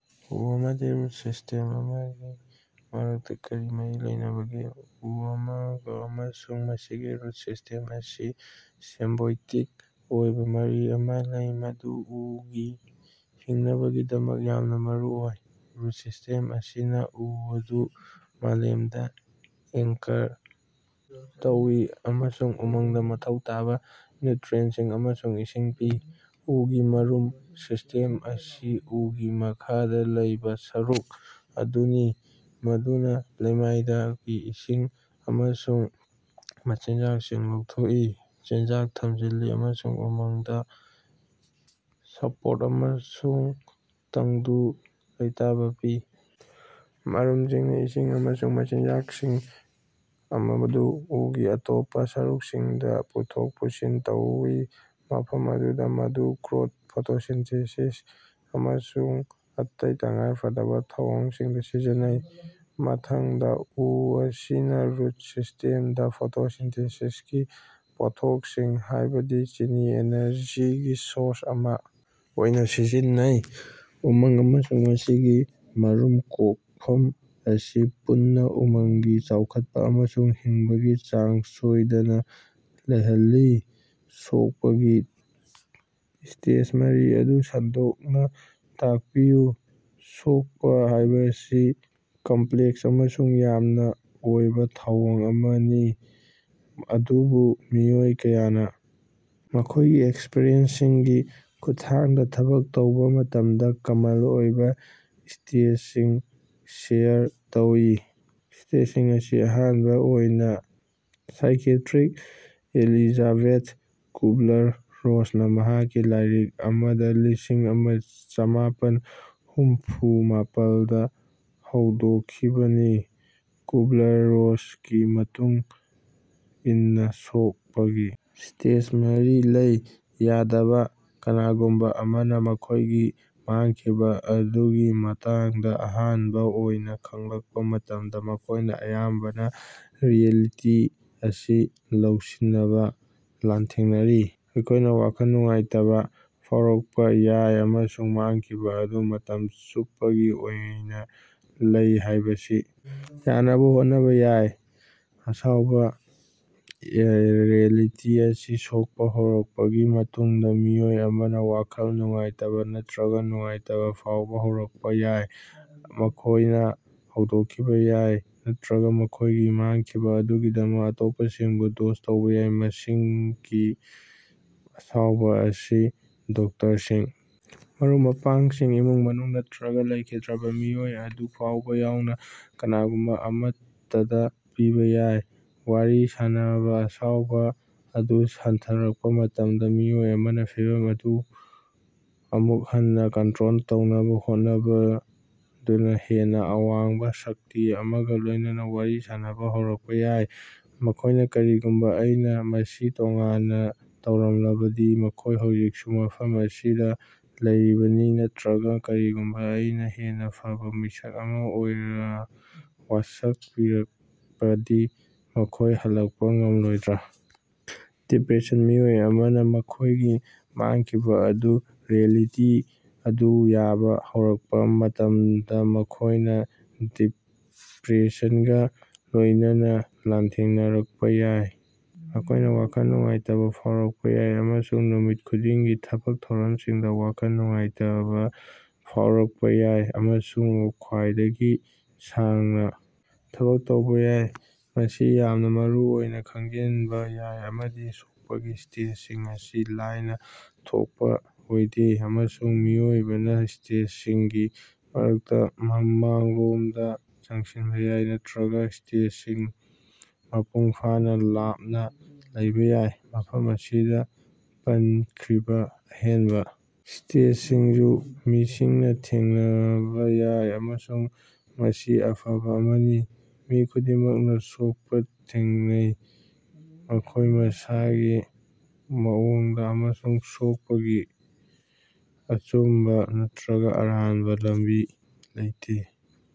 ꯎ ꯑꯃꯗꯤ root system ꯑꯃꯒꯤ ꯃꯔꯛꯇꯥ ꯀꯔꯤ ꯃꯔꯤ ꯂꯩꯅꯕꯒꯦ? ꯎ ꯑꯃꯒꯥ ꯑꯃꯁꯨꯡ ꯃꯁꯤꯒꯤ ꯔꯨꯠ ꯁꯤꯁ꯭ꯇꯦꯝ ꯑꯁꯤ ꯁꯤꯝꯕꯣꯏꯇꯤꯛ ꯑꯣꯏꯕꯥ ꯃꯔꯤ ꯑꯃꯥ ꯂꯩ ꯃꯗꯨ ꯎꯒꯤ ꯍꯤꯡꯅꯕꯒꯤꯗꯃꯛ ꯌꯥꯝꯅꯥ ꯃꯔꯨꯑꯣꯏ꯫ ꯔꯨꯠ ꯁꯤꯁ꯭ꯇꯦꯝ ꯑꯁꯤꯅꯥ ꯎ ꯑꯗꯨ ꯃꯥꯂꯦꯝꯗꯥ ꯑꯦꯡꯀꯔ ꯇꯧꯏ ꯑꯃꯁꯨꯡ ꯎꯃꯪꯗꯥ ꯃꯊꯧ ꯇꯥꯕꯥ ꯅ꯭ꯌꯨꯇ꯭ꯔꯤꯑꯦꯟꯠꯁꯤꯡ ꯑꯃꯁꯨꯡ ꯏꯁꯤꯡ ꯄꯤ꯫ ꯎꯒꯤ ꯃꯔꯨꯝ ꯁꯤꯁ꯭ꯇꯦꯝ ꯑꯁꯤ ꯎꯒꯤ ꯃꯈꯥꯗꯥ ꯂꯩꯕꯥ ꯁꯔꯨꯛ ꯑꯗꯨꯅꯤ ꯃꯗꯨꯅꯥ ꯂꯩꯃꯥꯏꯗꯒꯤ ꯏꯁꯤꯡ ꯑꯃꯁꯨꯡ ꯃꯆꯤꯟꯖꯥꯛꯁꯤꯡ ꯂꯧꯊꯣꯛꯏ ꯆꯤꯟꯖꯥꯛ ꯊꯝꯖꯤꯜꯂꯤ ꯑꯃꯁꯨꯡ ꯎꯃꯪꯗꯥ ꯁꯄꯣꯔꯠ ꯑꯃꯁꯨꯡ ꯇꯪꯗꯨ ꯂꯩꯇꯥꯕꯥ ꯄꯤ꯫ ꯃꯔꯨꯝꯁꯤꯡꯅꯥ ꯏꯁꯤꯡ ꯑꯃꯁꯨꯡ ꯃꯆꯤꯟꯖꯥꯛꯁꯤꯡ ꯑꯗꯨ ꯎꯒꯤ ꯑꯇꯣꯞꯄꯥ ꯁꯔꯨꯛꯁꯤꯡꯗꯥ ꯄꯨꯊꯣꯛ ꯄꯨꯁꯤꯟ ꯇꯧꯏ ꯃꯐꯝ ꯑꯗꯨꯗꯥ ꯃꯗꯨ ꯒ꯭ꯔꯣꯊ ꯐꯣꯇꯣꯁꯤꯟꯊꯦꯁꯤꯁ ꯑꯃꯁꯨꯡ ꯑꯇꯩ ꯇꯉꯥꯏꯐꯗꯕꯥ ꯊꯧꯑꯣꯡꯁꯤꯡꯗꯥ ꯁꯤꯖꯤꯟꯅꯩ꯫ ꯃꯊꯪꯗꯥ ꯎ ꯑꯁꯤꯅꯥ ꯔꯨꯠ ꯁꯤꯁ꯭ꯇꯦꯝꯗꯥ ꯐꯣꯇꯣꯁꯤꯟꯊꯦꯁꯤꯁꯀꯤ ꯄꯣꯠꯊꯣꯛꯁꯤꯡ ꯍꯥꯏꯕꯗꯤ ꯆꯤꯅꯤ ꯏꯅꯔꯖꯤꯒꯤ ꯁꯣꯔꯁ ꯑꯃꯥ ꯑꯣꯏꯅꯥ ꯁꯤꯖꯤꯟꯅꯩ꯫ ꯎꯃꯪ ꯑꯃꯁꯨꯡ ꯃꯁꯤꯒꯤ ꯃꯔꯨꯝ ꯀꯣꯛꯐꯝ ꯑꯁꯤ ꯄꯨꯟꯅꯥ ꯎꯃꯪꯒꯤ ꯆꯥꯎꯈꯠꯄꯥ ꯑꯃꯁꯨꯡ ꯍꯤꯡꯕꯒꯤ ꯆꯥꯡ ꯁꯣꯏꯗꯅꯥ ꯂꯩꯍꯜꯂꯤ꯫ ꯁꯣꯛꯄꯒꯤ ꯁ꯭ꯇꯦꯖ ꯃꯔꯤ ꯑꯗꯨ ꯁꯟꯗꯣꯛꯅꯥ ꯇꯥꯛꯄꯤꯌꯨ꯫ ꯁꯣꯛꯄꯥ ꯍꯥꯏꯕꯁꯤ ꯀꯝꯄ꯭ꯂꯦꯛꯁ ꯑꯃꯁꯨꯡ ꯌꯥꯝꯅꯥ ꯑꯣꯏꯕꯥ ꯊꯧꯑꯣꯡ ꯑꯃꯅꯤ ꯑꯗꯨꯕꯨ ꯃꯤꯑꯣꯏ ꯀꯌꯥꯅꯥ ꯃꯈꯣꯏꯒꯤ ꯑꯦꯛꯁꯄꯔꯤꯌꯦꯟꯁꯁꯤꯡꯒꯤ ꯈꯨꯠꯊꯥꯡꯗꯥ ꯊꯕꯛ ꯇꯧꯕꯥ ꯃꯇꯝꯗꯥ ꯀꯃꯟ ꯑꯣꯏꯕꯥ ꯁ꯭ꯇꯦꯖꯁꯤꯡ ꯁꯦꯌꯔ ꯇꯧꯏ꯫ ꯁ꯭ꯇꯦꯖꯁꯤꯡ ꯑꯁꯤ ꯑꯍꯥꯟꯕꯥ ꯑꯣꯏꯅꯥ ꯁꯥꯏꯀꯤꯌꯥꯇ꯭ꯔꯤꯛ ꯑꯦꯂꯤꯖꯥꯕꯦꯊ ꯀꯨꯕꯂꯔ ꯔꯣꯁꯅꯥ ꯃꯍꯥꯛꯀꯤ ꯂꯥꯏꯔꯤꯛ ꯗꯥ ꯂꯤꯁꯤꯡ ꯑꯃ ꯆꯃꯥꯄꯟ ꯍꯨꯝꯐꯨ ꯃꯥꯄꯟꯗ ꯍꯧꯗꯣꯛꯈꯤꯕꯅꯤ ꯀꯨꯕꯂꯔ ꯔꯣꯁꯀꯤ ꯃꯇꯨꯡ ꯏꯟꯅ ꯁꯣꯛꯄꯒꯤ ꯁ꯭ꯇꯦꯖ ꯃꯔꯤ ꯂꯩ ꯌꯥꯗꯕꯥ ꯀꯅꯥꯒꯨꯝꯕꯥ ꯑꯃꯅꯥ ꯃꯈꯣꯏꯒꯤ ꯃꯥꯡꯈꯤꯕꯥ ꯑꯗꯨꯒꯤ ꯃꯇꯥꯡꯗꯥ ꯑꯍꯥꯟꯕꯥ ꯑꯣꯏꯅꯥ ꯈꯪꯂꯛꯄꯥ ꯃꯇꯝꯗ ꯃꯈꯣꯏꯅꯥ ꯑꯌꯥꯝꯕꯅꯥ ꯔꯤꯑꯦꯂꯤꯇꯤ ꯑꯁꯤ ꯂꯧꯁꯤꯟꯅꯕꯥ ꯂꯥꯟꯊꯦꯡꯅꯔꯤ꯫ ꯃꯈꯣꯏꯅꯥ ꯋꯥꯈꯜ ꯅꯨꯡꯉꯥꯏꯇꯕꯥ ꯐꯥꯎꯔꯛꯄꯥ ꯌꯥꯏ ꯑꯃꯁꯨꯡ ꯃꯥꯡꯈꯤꯕꯥ ꯑꯗꯨ ꯃꯇꯝ ꯆꯨꯞꯄꯒꯤ ꯑꯣꯏꯅꯥ ꯂꯩ ꯍꯥꯏꯕꯁꯤ ꯌꯥꯅꯕꯥ ꯍꯣꯠꯅꯕꯥ ꯌꯥꯏ꯫ ꯑꯁꯥꯎꯕꯥ ꯔꯤꯑꯦꯂꯤꯇꯤ ꯑꯁꯤ ꯁꯣꯛꯄꯥ ꯍꯧꯔꯛꯄꯒꯤ ꯃꯇꯨꯡꯗꯥ ꯃꯤꯑꯣꯏ ꯑꯃꯅꯥ ꯋꯥꯈꯜ ꯅꯨꯡꯉꯥꯏꯇꯕꯥ ꯅꯠꯇ꯭ꯔꯒꯥ ꯅꯨꯡꯉꯥꯏꯇꯕꯥ ꯐꯥꯎꯕꯥ ꯍꯧꯔꯛꯄꯥ ꯌꯥꯏ꯫ ꯃꯈꯣꯏꯅꯥ ꯊꯥꯗꯣꯛꯈꯤꯕꯥ ꯌꯥꯏ ꯅꯠꯇ꯭ꯔꯒꯥ ꯃꯈꯣꯏꯒꯤ ꯃꯥꯡꯈꯤꯕꯥ ꯑꯗꯨꯒꯤꯗꯃꯛ ꯑꯇꯣꯞꯄꯁꯤꯡꯕꯨ ꯗꯣꯁ ꯇꯧꯕꯥ ꯌꯥꯏ꯫ ꯃꯁꯤꯒꯤ ꯑꯁꯥꯎꯕꯥ ꯑꯁꯤ ꯗꯣꯛꯇꯔꯁꯤꯡ ꯃꯔꯨꯞ ꯃꯄꯥꯡꯁꯤꯡ ꯏꯃꯨꯡ ꯃꯅꯨꯡ ꯅꯠꯇ꯭ꯔꯒꯥ ꯂꯩꯈꯤꯗ꯭ꯔꯕꯥ ꯃꯤꯑꯣꯏ ꯑꯗꯨ ꯐꯥꯎꯕꯥ ꯌꯥꯎꯅꯥ ꯀꯅꯥꯒꯨꯝꯕꯥ ꯑꯃꯠꯇꯗꯥ ꯄꯤꯕꯥ ꯌꯥꯏ꯫ ꯋꯥꯔꯤ ꯁꯥꯅꯕꯥ ꯑꯁꯥꯎꯕꯥ ꯑꯗꯨ ꯍꯟꯊꯔꯛꯄꯥ ꯃꯇꯝꯗꯥ ꯃꯤꯑꯣꯏ ꯑꯃꯅꯥ ꯐꯤꯚꯝ ꯑꯗꯨ ꯑꯃꯨꯛ ꯍꯟꯅꯥ ꯀꯟꯇ꯭ꯔꯣꯜ ꯇꯧꯅꯕꯥ ꯍꯣꯠꯅꯗꯨꯅꯥ ꯍꯦꯟꯅꯥ ꯋꯥꯡꯕꯥ ꯁꯛꯇꯤ ꯑꯃꯒꯥ ꯂꯣꯏꯅꯅꯥ ꯋꯥꯔꯤ ꯁꯥꯅꯕꯥ ꯍꯧꯔꯛꯄꯥ ꯌꯥꯏ꯫ ꯃꯈꯣꯏꯅꯥ ꯀꯔꯤꯒꯨꯝꯕꯥ ꯑꯩꯅꯥ ꯃꯁꯤ ꯇꯣꯉꯥꯟꯅꯥ ꯇꯧꯔꯝꯂꯕꯗꯤ ꯃꯈꯣꯏ ꯍꯧꯖꯤꯛꯁꯨ ꯃꯐꯝ ꯑꯁꯤꯗꯥ ꯂꯩꯔꯤꯕꯅꯤ ꯅꯠꯇ꯭ꯔꯒꯥ ꯀꯔꯤꯒꯨꯝꯕꯥ ꯑꯩꯅꯥ ꯍꯦꯟꯅꯥ ꯐꯕꯥ ꯃꯤꯁꯛ ꯑꯃꯥ ꯑꯣꯏꯅꯥ ꯋꯥꯁꯛꯄꯤꯔꯕꯗꯤ ꯃꯈꯣꯏ ꯍꯜꯂꯛꯄꯥ ꯉꯝꯂꯣꯏꯗ꯭ꯔꯥ? ꯗꯤꯄ꯭ꯔꯦꯁꯟ ꯃꯤꯑꯣꯏ ꯑꯃꯅꯥ ꯃꯈꯣꯏꯒꯤ ꯃꯥꯡꯈꯤꯕꯥ ꯑꯗꯨꯒꯤ ꯔꯤꯑꯦꯂꯤꯇꯤ ꯑꯗꯨ ꯌꯥꯕꯥ ꯍꯧꯔꯛꯄꯥ ꯃꯇꯝꯗ ꯃꯈꯣꯏꯅꯥ ꯗꯤꯄ꯭ꯔꯦꯁꯟꯒꯥ ꯂꯣꯏꯅꯅꯥ ꯂꯥꯟꯊꯦꯡꯅꯔꯛꯄꯥ ꯌꯥꯏ꯫ ꯃꯈꯣꯏꯅꯥ ꯋꯥꯈꯜ ꯅꯨꯡꯉꯥꯏꯇꯕꯥ ꯐꯥꯎꯔꯛꯄꯥ ꯌꯥꯏ ꯑꯃꯁꯨꯡ ꯅꯨꯃꯤꯠ ꯈꯨꯗꯤꯡꯒꯤ ꯊꯕꯛ ꯊꯧꯔꯝꯁꯤꯡꯗꯥ ꯋꯥꯈꯜ ꯅꯨꯡꯉꯥꯏꯇꯕꯥ ꯐꯥꯎꯔꯛꯄꯥ ꯌꯥꯏ꯫ ꯑꯃꯁꯨꯡ ꯈ꯭ꯋꯥꯏꯗꯒꯤ ꯁꯥꯡꯅꯥ ꯊꯕꯛ ꯇꯧꯕꯥ ꯌꯥꯏ꯫ ꯃꯁꯤ ꯌꯥꯝꯅꯥ ꯃꯔꯨꯑꯣꯏꯅꯥ ꯈꯪꯖꯤꯟꯕꯥ ꯌꯥꯏ ꯃꯗꯨꯗꯤ ꯁꯣꯛꯄꯒꯤ ꯁ꯭ꯇꯦꯖꯁꯤꯡ ꯑꯁꯤ ꯂꯥꯏꯅꯥ ꯊꯣꯛꯄꯥ ꯑꯣꯏꯗꯦ ꯑꯃꯁꯨꯡ ꯃꯤꯑꯣꯏꯕꯅꯥ ꯁ꯭ꯇꯦꯖꯁꯤꯡꯒꯤ ꯃꯔꯛꯇꯥ ꯃꯃꯥꯡꯂꯣꯝꯗꯥ ꯆꯪꯁꯤꯟꯕꯥ ꯌꯥꯏ ꯅꯠꯇ꯭ꯔꯒꯥ ꯁ꯭ꯇꯦꯖꯁꯤꯡ ꯃꯄꯨꯡ ꯐꯥꯅꯥ ꯂꯥꯞꯅꯥ ꯂꯩꯕꯥ ꯌꯥꯏ꯫ ꯃꯐꯝ ꯑꯁꯤꯗꯥ ꯄꯟꯈ꯭ꯔꯤꯕꯥ ꯑꯍꯦꯟꯕꯥ ꯁ꯭ꯇꯦꯖꯁꯤꯡꯁꯨ ꯃꯤꯁꯤꯡꯅꯥ ꯊꯦꯡꯅꯕꯥ ꯌꯥꯏ ꯑꯃꯁꯨꯡ ꯃꯁꯤ ꯑꯐꯕꯥ ꯑꯃꯅꯤ꯫ ꯃꯤ ꯈꯨꯗꯤꯡꯃꯛꯅꯥ ꯁꯣꯛꯄꯥ ꯊꯦꯡꯅꯩ꯫ ꯃꯈꯣꯏ ꯃꯁꯥꯒꯤ ꯃꯑꯣꯡꯗꯥ ꯑꯃꯁꯨꯡ ꯁꯣꯛꯄꯒꯤ ꯑꯆꯨꯝꯕꯥ ꯅꯠꯇ꯭ꯔꯒꯥ ꯑꯔꯥꯟꯕꯥ ꯂꯝꯕꯤ ꯂꯩꯇꯦ꯫